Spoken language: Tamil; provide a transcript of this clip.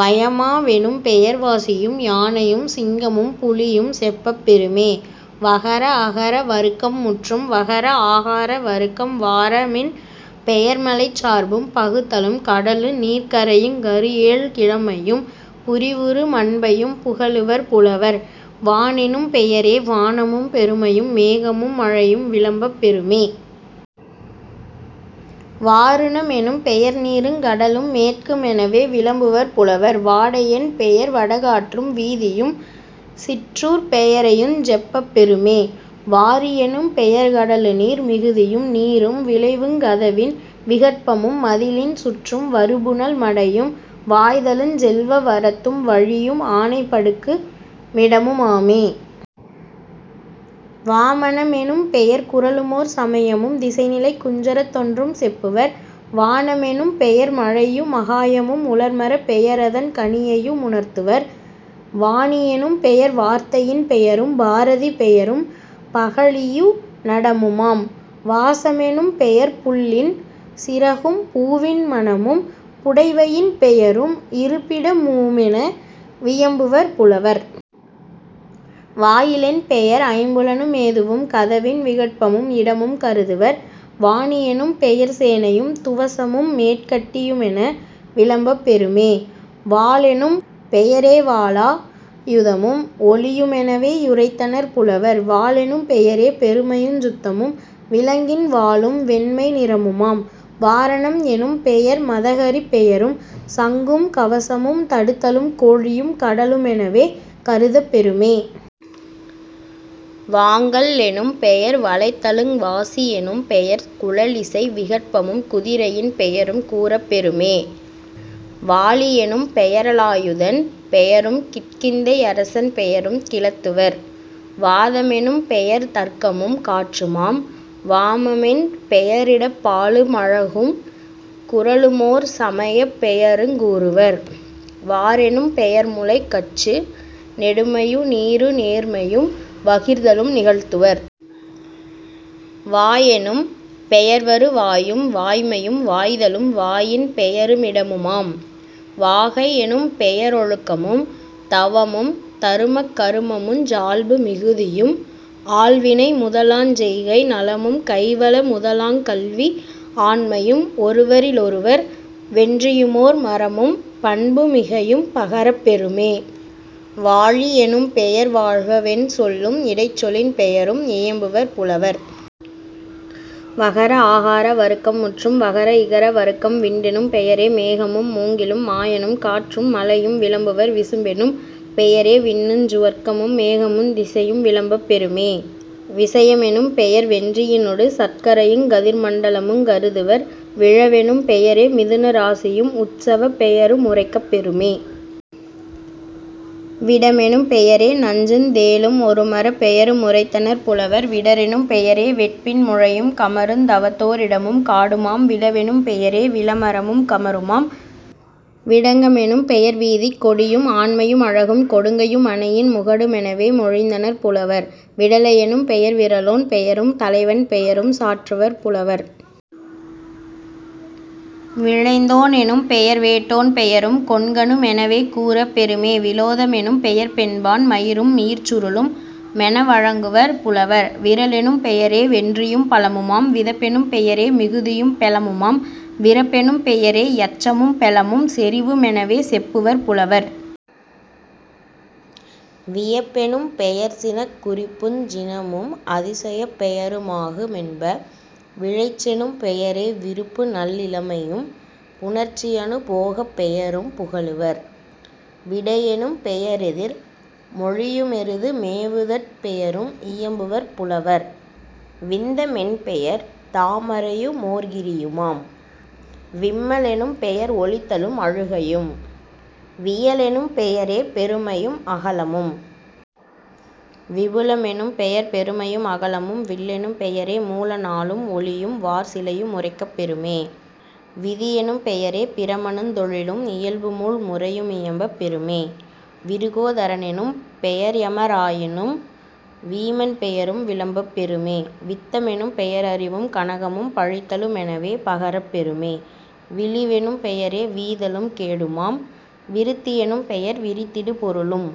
வயமா வெனும்பெயர் வாசியும் யானையும் சிங்கமும் புலியும் செப்பப் பெறுமே..... வகர அகர வருக்கம் முற்றும். வகர ஆகார வருக்கம் வார மென்பெயர் மலைச்சார்பும் பகுத்தலும் கடலு நீர்க்கரை யுங்கரு ஏழ்கிழமையும் புரிவுறு மன்பையும் புகலுவர் புலவர்..... வானெனும் பெயரே வானமும் பெருமையும் மேகமும் மழையும் விளம்பப் பெறுமே..... வாருண மெனும்பெயர் நீருங் கடலும் மேற்கு மெனவே விளம்புவர் புலவர்..... வாடை யென்பெயர் வடகாற்றும் வீதியும் சிற்றூர்ப் பெயரையுஞ் செப்பப் பெறுமே..... வாரி யெனும்பெயர் கடலு நீர் மிகுதியும் நீரும் விளைவுங் கதவின் விகற்பமும் மதிலின் சுற்றும் வருபுனல் மடையும் வாய்தலுஞ் செல்வ வரத்தும் வழியும் ஆனை படுக்கு மிடமு மாமே..... வாமன மெனும்பெயர் குறளுமோர் சமயமும் திசைநிலைக் குஞ்சரத் தொன்றும் செப்புவர்..... வான மெனும்பெயர் மழையு மாகாயமும் உலர்மரப் பெயரதன் கனியையு முணர்த்துவர்..... வாணி யெனும்பெயர் வார்த்தையின் பெயரும் பாரதி பெயரும் பகழியு நடமுமாம்..... வாச மெனும்பெயர் புள்ளின் சிறகும் பூவின் மணமும் புடைவையின் பெயரும் இருப்பிட முமென வியம்புவர் புலவர்..... வாயி லென்பெயர் ஐம்புலனு மேதுவும் கதவின் விகற்பமும் இடமும் கருதுவர்..... வானி யெனும்பெயர் சேனையும் துவசமும் மேற்கட்டி யுமென விளம்பப் பெறுமே..... வாளெனும் பெயரே வாளா யுதமும் ஒளியு மெனவே யுரைத்தனர் புலவர்..... வாலெனும் பெயரே பெருமையுஞ் சுத்தமும் விலங்கின் வாலும் வெண்மை நிறமுமாம்..... வாரணம் எனும்பெயர் மதகரிப் பெயரும் சங்கும் கவசமும் தடுத்தலும் கோழியும் கடலு மெனவே கருதப் பெறுமே..... வாங்கல் லெனும்பெயர் வளைத்தலுங் வாசி யெனும்பெயர் குழலிசை விகற்பமும் குதிரையின் பெயரும் கூறப் பெறுமே..... வாலி யெனும்பெய ரலாயுதன் பெயரும் கிட்கிந்தை யரசன் பெயரும் கிளத்துவர்..... வாத மெனும்பெயர் தர்க்கமும் காற்றுமாம்..... வாம மென்பெய ரிடப்பாலு மழகும் குறளு மோர்சமையப் பெயருங் கூறுவர்..... வாரெனும் பெயர்முலைக் கச்சு நெடுமையு நீரு நேர்மையும் வகிர்தலும் நிகழ்த்துவர்..... வாயெனும் பெயர்வரு வாயும் வாய்மையும் வாய்தலும் வாயின் பெயரு மிடமுமாம்..... வாகை யெனும்பெய ரொழுக்கமும் தவமும் தருமக் கருமமுஞ் சால்பு மிகுதியும் ஆள்வினை முதலாஞ் செய்கை நலமும் கைவல முதலாங் கல்வி ஆண்மையும் ஒருவரி லொருவர் வென்றியுமோர் மரமும் பண்பு மிகையும் பகரப் பெறுமே..... வாழி யெனும்பெயர் வாழ்கவென் சொல்லும் இடைச்சொலின் பெயரும் இயம்புவர் புலவர்..... வகர ஆகார வருக்கம் முற்றும். வகர இகர வருக்கம் விண்டெனும் பெயரே மேகமும் மூங்கிலும் மாயனும் காற்றும் மலையும் விளம்புவர்..... விசும்பெனும் பெயரே விண்ணுஞ் சுவர்க்கமும் மேகமுந் திசையும் விளம்பப் பெறுமே..... விசைய மெனும்பெயர் வென்றியி னொடுசர்க் கரையுங் கதிர்மண் டலமுங் கருதுவர்..... விழவெனும் பெயரே மிதுன ராசியும் உத்சவப் பெயரு முரைக்கப் பெறுமே..... விடமெனும் பெயரே நஞ்சுந் தேளும் ஒருமரப் பெயரு முரைத்தனர் புலவர்..... விடரெனும் பெயரே வெற்பின் முழையும் கமருந் தவத்தோ ரிடமும் காடுமாம்..... விளவெனும் பெயரே விளமரமும் கமருமாம்..... விடங்க மெனும்பெயர் வீதிக் கொடியும் ஆண்மையு மழகும் கொடுங்கையு மனையின் முகடு மெனவே மொழிந்தனர் புலவர்..... விடலை யெனும்பெயர் விறலோன் பெயரும் தலைவன் பெயரும் சாற்றுவர் புலவர்..... விழைந்தோ னெனும்பெயர் வேட்டோ ன் பெயரும் கொண்கனு மெனவே கூறப் பெறுமே..... விலோத மெனும்பெயர் பெண்பான் மயிரும் மியிர்ச்சுரு ளும்மென வழங்குவர் புலவர்..... விறலெனும் பெயரே வென்றியும் பலமுமாம்..... விதப்பெனும் பெயரே மிகுதியும் பெலமுமாம்..... விறப்பெனும் பெயரே யச்சமும் பெலமும் செறிவு மெனவே செப்புவர் புலவர்..... வியப்பெனும் பெயர்சினக் குறிப்புஞ் சினமும் அதிசயப் பெயரு மாகு மென்ப..... விழைச்செனும் பெயரே விருப்பு நல்லிளமையும் புணர்ச்சி யனுபோகப் பெயரும் புகலுவர்..... விடையெனும் பெயரெதிர் மொழியு மெருது மேவுதற் பெயரும் இயம்புவர் புலவர்..... விந்த மென்பெயர் தாமரையு மோர்கிரியுமாம்..... விம்ம லெனும்பெயர் ஒலித்தலும் அழுகையும்..... வியலெனும் பெயரே பெருமையும் அகலமும்..... விபுல மெனும்பெயர் பெருமையும் அகலமும்..... வில்லெனும் பெயரே மூல நாளும் ஒளியும் வார்சிலையு முரைக்கப் பெறுமே..... விதியெனும் பெயரே பிரமனுந் தொழிலும் இயல்புமூழ் முறையு மியம்பப் பெறுமே..... விருகோ தரனெனும் பெயர்யம ராயனும் வீமன் பெயரும் விளம்பப் பெறுமே..... வித்த மெனும்பெயர் அறிவும் கனகமும் பழித்தலு மெனவே பகரப் பெறுமே..... விளிவெனும் பெயரே வீதலும் கேடுமாம்..... விருத்தி யெனும்பெயர் விரித்திடு பொருளும்।